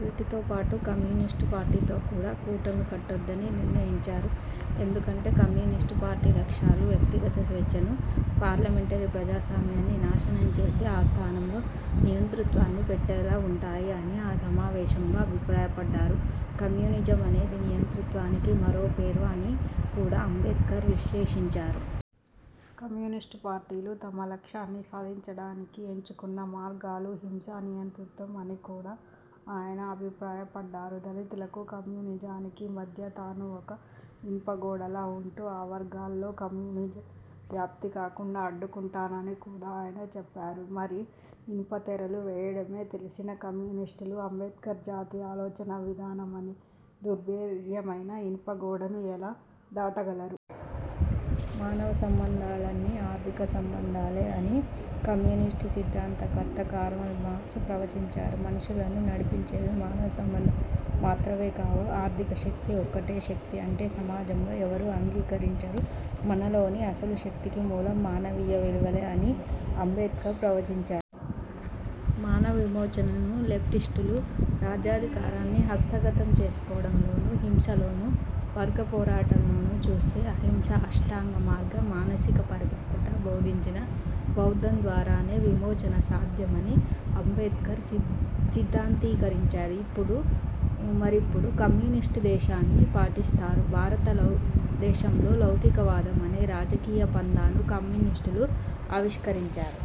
వీటితో పాటు కమ్యూనిస్టు పార్టీతో కూడా కూటమి కట్టొద్దని నిర్ణయించారు. ఎందుకంటే, కమ్యూనిస్టు పార్టీ లక్ష్యాలు వ్యక్తిగత స్వేచ్ఛను, పార్లమెంటరీ ప్రజాస్వామ్యాన్ని నాశనం చేసి, ఆ స్థానంలో నియంతృత్వాన్ని పెట్టేలా ఉంటాయి అని ఆ సమావేశంలో అభిప్రాయ పడ్డారు. కమ్యూనిజం అనేది నియంతృత్వానికి మరో పేరు అని కూడా అంబేడ్కర్ విశ్లేషించారు. కమ్యూనిస్టు పార్టీలు తమ లక్ష్యాన్ని సాధించడానికి ఎంచుకున్న మార్గాలు హింస, నియతృత్వం అని కూడా ఆయన అభిప్రాయ పడ్డారు దళితులకు కమ్యూనిజానికి మధ్య తాను ఒక ఇనుప గోడలా ఉంటూ, ఆ వర్గాల్లో కమ్యూనిజం వ్యాప్తి కాకుండా అడ్డుకుంటానని కూడా ఆయన చెప్పారు. మరి ఇనుప తెరలు వేయడమే తెలిసిన కమ్యూనిస్టులు, అంబేడ్కర్ జాతీయ ఆలోచనా విధానం అనే దుర్భేరియ్యమైన ఇనుప గోడను ఎలా దాటగలరు? మానవ సంబంధాలన్నీ ఆర్థిక సంబంధాలే అని కమ్యూనిస్టు సిద్ధాంత కర్త కారల్మార్క్స్ ప్రవచించారు. మనుషులను నడిపించేవి మానవ సంబంధాలు మాత్రమే కావు ఆర్థిక శక్తి ఒక్కటే శక్తి అంటే సమాజంలోని ఎవరూ అంగీకరించరు. మనలోని అసలు శక్తికి మూలం మానవీయ విలువలే అని అంబేడ్కర్ ప్రవచించారు. మానవ విమోచనను లెఫ్టిస్టులు రాజ్యాధికారాన్ని హస్తగతం చేసుకోవడంలోనూ, హింస లోనూ, వర్గ పోరాటాల్లోనూ చూస్తే, అహింస, అష్టాంగ మార్గం, మానసిక పరిపక్వత బోధించిన బౌద్ధం ద్వారానే విమోచన సాధ్యమని అంబేడ్కర్ సీ సిద్ధాంతీకరించారు. ఇప్పుడు మరిప్పుడు కమ్యూనిస్టులు దేశాన్ని పాటిస్తారు? భారతలో దేశంలో లౌకికవాదం అనే రాజకీయ పంథాను కమ్యూనిస్టులు ఆవిష్కరించారు.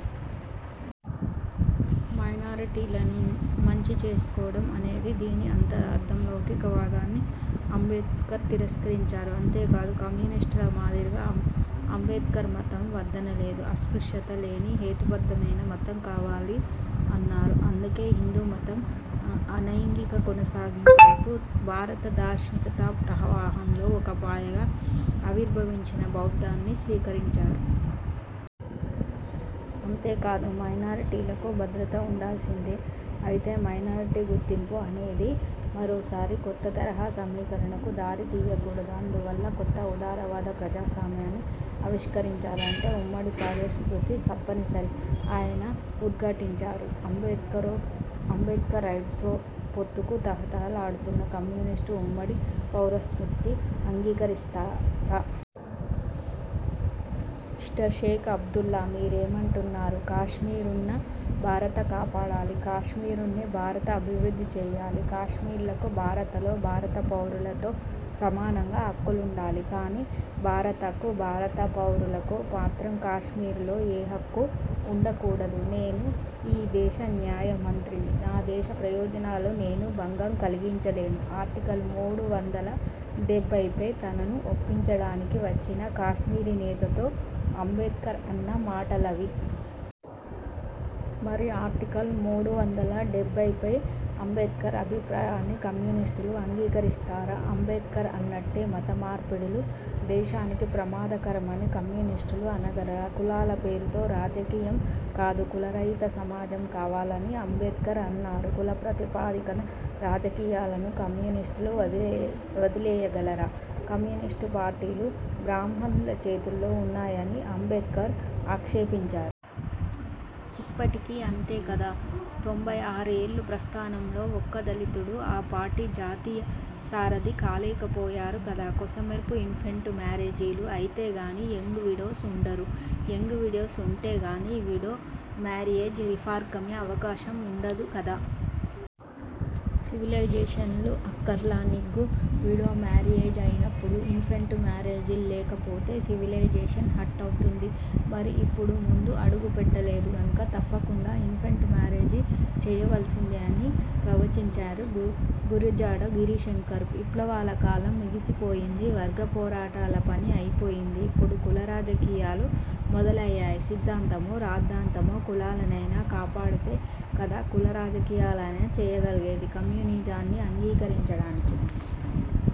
మైనారిటీలను మంచి చేసుకోవడం అనేది దీని అంతరార్థం. లౌకిక వాదాన్ని అంబేడ్కర్ తిరస్కరించారు. అంతేకాదు కమ్యూనిస్టుల మాదిరిగా అం అంబేడ్కర్ మతం వద్దన లేదు. అస్పృశ్యత లేని హేతు బద్ధమైన మతం కావాలి అన్నారు. అందుకే హిందూ మతం అనైంగిక కొనసాగింపునకు, భారత దార్శకత ప్రవాహంలో ఒక పాయగా ఆవిర్భవించిన బౌద్ధాన్ని స్వీకరించారు. అంతేకాదు మైనారిటీలకు భద్రత ఉండాల్సిందే. అయితే మైనారిటీ గుర్తింపు అనేది మరోసారి కొత్త తరహా సమీకరణకు దారి తీయకూడదు. అందువల్ల కొత్త, ఉదారవాద ప్రజాస్వామ్యాన్ని ఆవిష్కరించారు ఉమ్మడి పౌరస్మృతి తప్పనిసరి అని ఆయన ఉద్ఘాటించారు. అంబేద్కర్ అంబేడ్కరైట్స్తో పొత్తుకు తహతహ లాడుతున్న కమ్యూనిస్టులు ఉమ్మడి పౌరస్మృతికి అంగీకరిస్తారా? మిస్టర్ షేక్ అబ్దుల్లా మీరేమంటున్నారు? కశ్మీర్ను భారత కాపాడాలి. కశ్మీర్ను భారత అభివృద్ధి చేయాలి. కశ్మీరీలకు భారతలో భారత పౌరులతో సమానంగా హక్కులుండాలి. కానీ భారతకు, భారత పౌరులకు మాత్రం కశ్మీరులో ఏ హక్కూ ఉండ కూడదు. నేను ఈ దేశ న్యాయ మంత్రిని. నా దేశ ప్రయోజనాలు. నేను భంగం కలిగించలేను ఆర్టికల్ మూడు వందల డెబ్బైపై తనను ఒప్పించడానికి వచ్చిన కశ్మీరీ నేతతో అంబేడ్కర్ అన్న మాటలవి. మరి ఆర్టికల్ మూడు వందల డెబ్బైపై అంబేడ్కర్ అభిప్రాయాన్ని కమ్యూనిస్టులు అంగీకరిస్తారా? అంబేడ్కర్ అన్నట్టే, మత మార్పిడులు దేశానికి ప్రమాదకరమని కమ్యూనిస్టులు అనగలరా? కులాల పేరుతో రాజకీయం కాదు కులరహిత సమాజం కావాలని అంబేడ్కర్ అన్నారు. కుల ప్రాతిపదికన రాజకీయాలను కమ్యూనిస్టులు వదిలే వదిలేయగలరా? కమ్యూనిస్టు పార్టీలు బ్రాహ్మణుల చేతుల్లో ఉన్నాయని అంబేడ్కర్ ఆక్షేపించారు. ఇప్పటికీ అంతే కదా! తొంభై ఆరు ఏళ్ల ప్రస్థానంలో ఒక్క దళితుడూ ఆ పార్టీ జాతీయ సారథి కాలేక పోయారు కదా! కొసమెరుపు ఇన్ఫెంటు మారేజీలు అయితేనే గాని యంగ్ విడోస్ వుండరు. యంగ్ విడోస్ ఉంటేనే గాని, విడో మారియేజ్ రిఫారమ్కి అవకాశం ఉండదు గదా? సివిలిజేషన్కల్లా నిగ్గు విడోమారియేజ్ అయినప్పుడు. ఇన్ఫెంటు మారేజీల్లేకపోతే, సివిలిజేషన్ హాల్టవుతుంది? మరి ముందు అడుగు పెట్టలేదు. గనక తప్పకుండా ఇన్ఫెంట్ మారేజీ చేయవలసిందే అని ప్రవచించాడు గురజాడ గిరీశంగారు! విప్లవాల కాలం ముగిసిపోయింది. వర్గ పోరాటాల పని అయిపోయింది. ఇప్పుడు కుల రాజకీయాలు మొదలయ్యాయి. సిద్ధాంతమో రాద్ధాంతమో! కులాల నైనా కాపాడితే కదా కుల రాజకీయాలైనా చేయగలిగేది! కమ్యూనిజాన్ని అంగీకరించడానికి